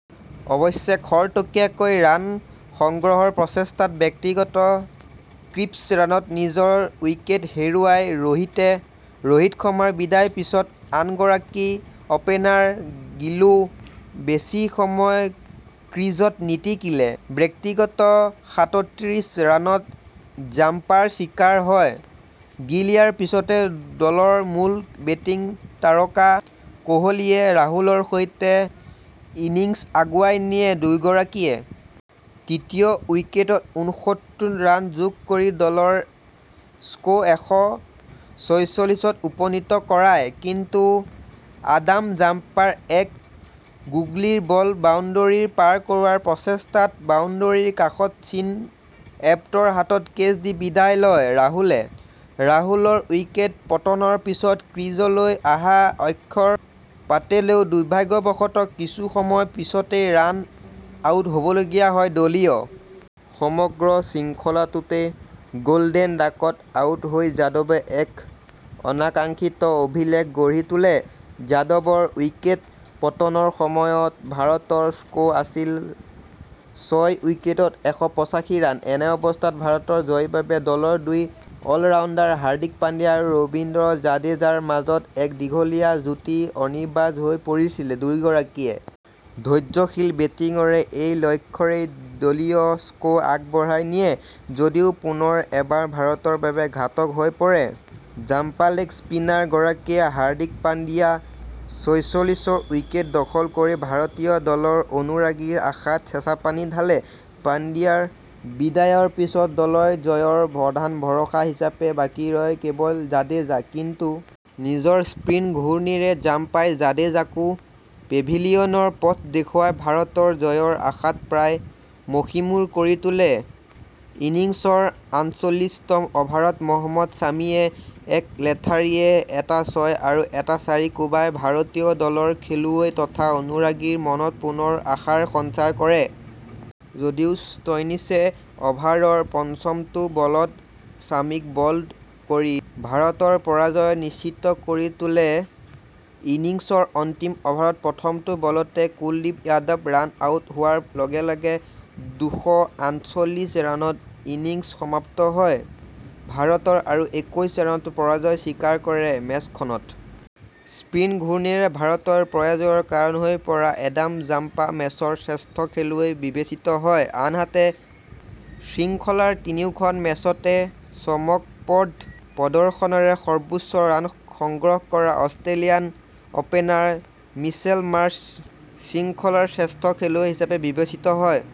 অৱশ্যে খৰতকীয়াকৈ ৰান সংগ্ৰহৰ প্ৰচেষ্টাত ব্যক্তিগত ত্ৰিছ ৰানত নিজৰ উইকেট হেৰুৱায় ৰোহিতে। ৰোহিত শৰ্মাৰ বিদায়ৰ পিছত আনগৰাকী অপেনাৰ গিলো বেছি সময় ক্ৰীজত নিটিকিল। ব্যক্তিগত সাতত্ৰিছ ৰানত জাম্পাৰ চিকাৰ হয়। গিল ইয়াৰ পিছতে দলৰ মূল বেটিং তাৰকা কোহলিয়ে ৰাহুলৰ সৈতে ইনিংছ আগবঢ়াই নিয়ে। দুয়োগৰাকীয়ে তৃতীয় উইকেটত উনাসত্তৰ ৰান যোগ দি দলৰ স্ক এশ ছয়চল্লিছত উপনীত কৰায়। কিন্তু আডাম জাম্পাৰ এক গুগলীত বল বাউণ্ডেৰীৰ পাৰ কৰোৱাৰ প্ৰচেষ্টাত বাউণ্ডেৰীৰ কাষত চিন এবটৰ হাতত কেচ দি বিদায় লয় ৰাহুলে। ৰাহুলৰ উইকেট পতনৰ পিছত ক্ৰীজলৈ অহা অক্ষৰ পেটেলেও দুৰ্ভাগ্যৱশত কিছুসময় পিছতে ৰান আউট হবলগীয়া হয়। দলীয় সমগ্ৰ শৃংখলাটোতে গল্ডেন ডাকত আউট হৈ যাদৱে এক অনাকাংক্ষিত অভিলেখ গঢ়ি তোলে। যাদৱৰ উইকেট পতনৰ সময়ত ভাৰতৰ স্ক আছিল ছয় উইকেটত এশ পচাশী ৰান, এনে অৱস্থাত ভাৰতৰ জয়ৰ বাবে দলৰ দুই অলৰাউণ্ডাৰ হাৰ্দিক পাণ্ডিয়া আৰু ৰবীন্দ্ৰ জাদেজাৰ মাজত এক দীঘলীয়া যুটি অনিবাৰ্য হৈ পৰিছিল। দুয়োগৰাকীয়ে ধৈৰ্য্যশীল বেটিঙেৰে এই লক্ষ্যৰেই দলীয় স্ক আগবঢ়াই নিয়ে ।যদিও পুনৰ এবাৰ ভাৰতৰ বাবে ঘাতক হৈ পৰে। জাম্পালেগ স্পিনাৰ গৰাকীয়ে হাৰ্দিক পাণ্ডিয়া চল্লিছৰ উইকেট দখল কৰি ভাৰতীয় দলৰ অনুৰাগীৰ আশাত চেঁচাপানী ঢালে। পাণ্ডিয়াৰ বিদায়ৰ পিছত দলৰ জয়ৰ প্ৰধান ভৰসা হিচাপে বাকী ৰয় কেৱল জাদেজা। কিন্তু নিজৰ স্পীন ঘূৰ্ণীৰে জাম্পাই জাদেজাকো পেভিলিয়নৰ পথ দেখুৱাই ভাৰতৰ জয়ৰ আশা প্ৰায় মষিমূৰ কৰি তোলে। ইনিংছৰ আঠচল্লিশ তম অভাৰত মহম্মদ ছামিয়ে একে লেঠাৰিয়ে এটা ছয় আৰু এটা চাৰি কোবাই ভাৰতীয় দলৰ খেলুৱৈ তথা অনুৰাগীৰ মনত পুনৰ আশাৰ সঞ্চাৰ কৰে। যদিও ষ্টইনিছে অভাৰৰ পঞ্চমটো বলত ছামিক বল্ড কৰি ভাৰতৰ পৰাজয় নিশ্চিত কৰি তোলে। ইনিংছৰ অন্তিম অভাৰৰ প্ৰথমটো বলতে কুলদীপ যাদৱ ৰান আউট হোৱাৰ লগ লগে দুশ আঠচল্লিশ ৰানত ইনিংছ সমাপ্ত হয় ভাৰতৰ আৰু একৈছ ৰানত পৰাজয় স্বীকাৰ কৰে। মেচখনত স্পীন ঘূৰ্ণীৰে ভাৰতৰ পৰাজয়ৰ কাৰণ হৈ পৰা আডাম জাম্পা মেচৰ শ্ৰেষ্ঠ খেলুৱৈ বিবেচিত হয়। আনহাতে শৃংখলাৰ তিনিওখন মেচতে চমকপ্ৰদ প্ৰদৰ্শনেৰে সৰ্বোচ্চ ৰান সংগ্ৰহ কৰা অষ্ট্ৰেলিয়ান অপেনাৰ মিচেল মাৰ্শ্ব শৃংখলাৰ শ্ৰেষ্ঠ খেলুৱৈ হিচাপে বিবেচিত হয়।